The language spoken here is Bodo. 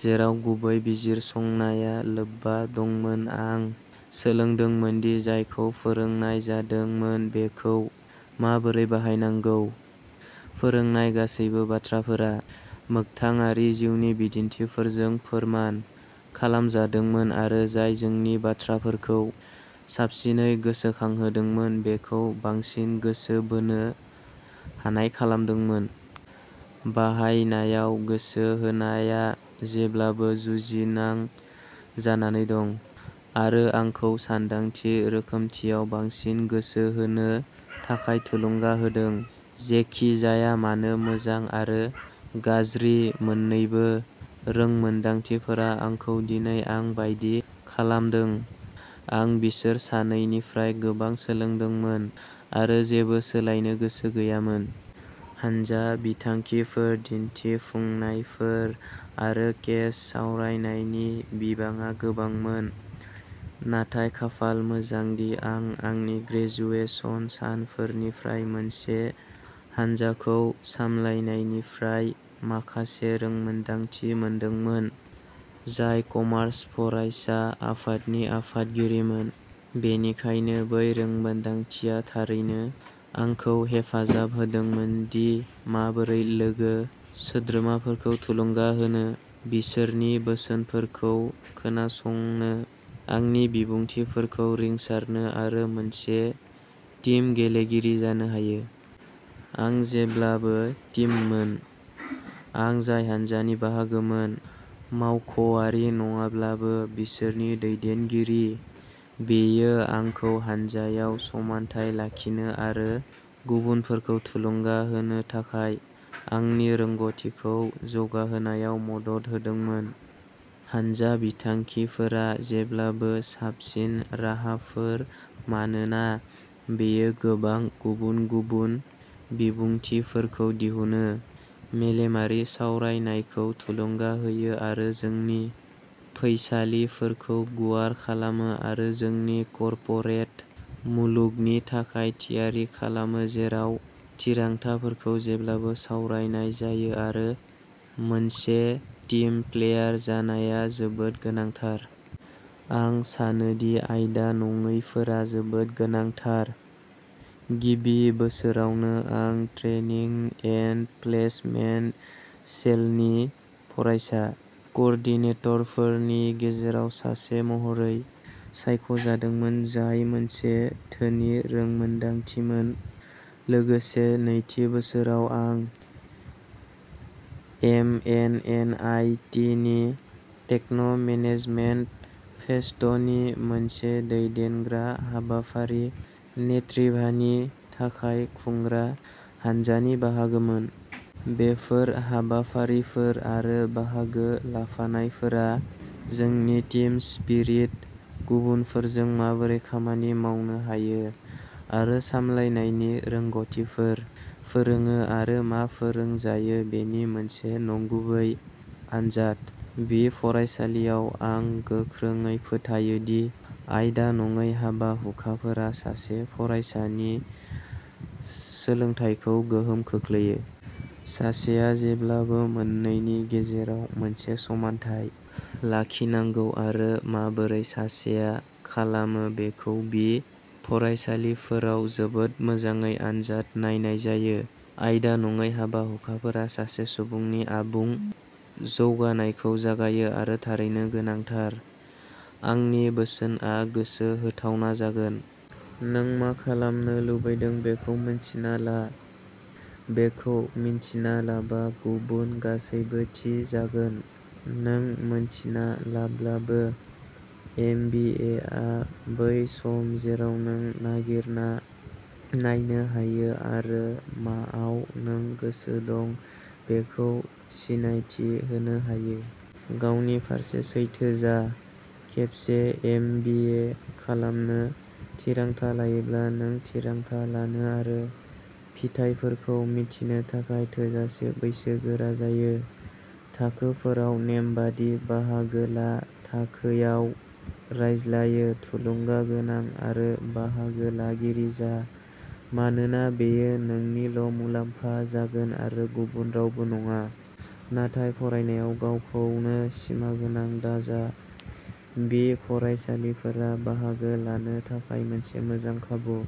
जेराव गुबै बिजिरसंनाया लोब्बा दंमोन, आं सोलोंदोंमोन दि जायखौ फोरोंनाय जादोंमोन बेखौ माबोरै बाहायनांगौ। फोरोंनाय गासैबो बाथ्राफोरा मोगथाङारि जिउनि बिदिन्थिफोरजों फोरमान खालामजादोंमोन आरो जाय जोंखौ बाथ्राफोरखौ साबसिनै गोसोखांहोदोंमोन, बेखौ बांसिन गोसो बोनो हानाय खालामदोंमोन। बाहायनायाव गोसो होनाया जेब्लाबो जुजिनां जानानै दं आरो आंखौ सानदांथि रोखाथियाव बांसिन गोसो होनो थाखाय थुलुंगा होदों। जेखि जाया मानो, मोजां आरो गाज्रि मोननैबो रोंमोनदांथिफोरा आंखौ दिनै आं बायदि खालामदों। आं बिसोर सानैनिफ्राय गोबां सोलोंदोंमोन आरो जेबो सोलायनो गोसो गैयामोन। हानजा बिथांखिफोर, दिन्थिफुंनायफोर आरो केस सावरायनायनि बिबाङा गोबांमोन। नाथाय खाफाल मोजांदि आं आंनि ग्रेजुएसन सानफोरनिफ्राय मोनसे हानजाखौ सामलायनायनिफ्राय माखासे रोंमोनदांथि मोनदोंमोन, जाय कमार्स फरायसा आफादनि आफादगिरिमोन। बेनिखायनो, बै रोंमोनदांथिया थारैनो आंखौ हेफाजाब होदोंमोन दि माबोरै लोगो सोद्रोमाफोरखौ थुलुंगा होनो, बिसोरनि बोसोनफोरखौ खोनासंनो, आंनि बिबुंथिफोरखौ रिंसारनो आरो मोनसे टीम गेलेगिरि जानो हायो। आं जेब्लाबो टीममोन। आं जाय हान्जानि बाहागोमोन, मावख'वारि नङाब्लाबो, बिसोरनि दैदेनगिरि। बेयो आंखौ हानजायाव समानथाय लाखिनो आरो गुबुनफोरखौ थुलुंगा होनो थाखाय आंनि रोंग'थिखौ जौगाहोनायाव मदद होदोंमोन। हान्जा बिथांखिफोरा जेब्लाबो साबसिन राहाफोर मानोना बेयो गोबां गुबुन-गुबुन बिबुंथिफोरखौ दिहुनो, मेलेमारि सावरायनायखौ थुलुंगा होयो आरो जोंनि फैसालिफोरखौ गुवार खालामो आरो जोंखौ कर्परेट मुलुगनि थाखाय थियारि खालामो जेराव थिरांथाफोरखौ जेब्लाबो सावरायनाय जायो आरो मोनसे टीम प्लेयार जानाया जोबोद गोनांथार। आं सानोदि आयदा नङैफोरा जोबोद गोनांथार। गिबि बोसोरावनो, आं ट्रेनिं एन्ड प्लेसमेन्ट सेलनि फरायसा कअर्डिनेटरफोरनि गेजेराव सासे महरै सायख'जादोंमोन, जाय मोनसे धोनि रोंमोनदांथिमोन। लोगोसे, नैथि बोसोराव, आं एम एन एन आइ टिनि टेक्न'-मेनेजमेन्ट फेस्टनि मोनसे दैदेनग्रा हाबाफारि, नेट्रिभानि थाखाय खुंग्रा हानजानि बाहागोमोन। बेफोर हाबाफारिफोर आरो बाहागो लाफानायफोरा जोंनो टीम स्पिरिट, गुबुनफोरजों माबोरै खामानि मावनो हायो, आरो सामलायनायनि रोंग'थिफोर फोरोङो आरो मा फोरोंजायो बेनि मोनसे नंगुबै आनजाद। बि फरायसालियाव आं गोख्रोङै फोथायोदि आयदा नङै हाबा-हुखाफोरा सासे फरायसानि सोलोंथाइखौ गोहोम खोख्लैया। सासेआ जेब्लाबो मोननैनि गेजेराव मोनसे समानथाय लाखिनांगौ आरो माबोरै सासेया खालामो बेखौ बि फरायसालिफोराव जोबोद मोजाङै आनजाद नायनाय जायो। आयदा-नङै हाबा-हुखाफोरा सासे सुबुंनि आबुं जौगानायखौ जगायो आरो थारैनो गोनांथार। आंनि बोसोनआ गोसो होथावना जागोन। नों मा खालामनो लुबैदों बेखौ मिन्थिना ला। बेखौ मिन्थिना लाबा, गुबुन गासैबो थि जागोन। नों मिन्थिना लाब्लाबो, एम बि ए आ बै सम जेराव नों नागिरना नायनो हायो आरो माआव नों गोसो दं बेखौ सिनायथि होनो हायो। गावनि फारसे सैथो जा। खेबसे एम बि ए खालामनो थिरांथा लायोब्ला, नों थिरांथा लानो आरो फिथायफोरखौ मिन्थिनो थाखाय थोजासे बैसोगोरा जायो। थाखोफोराव नेमबादि बाहागो ला, थाखोयाव रायज्लायो, थुलुंगागोनां आरो बाहागो लागिरि जा मानोना बेयो नोंनिल' मुलाम्फा जागोन आरो गुबुन रावबो नङा। नाथाय फरायनायाव गावखौनो सिमागोनां दाजा, बि फरायसालिफोरा बाहागो लानो थाखाय मोनसे मोजां खाबु।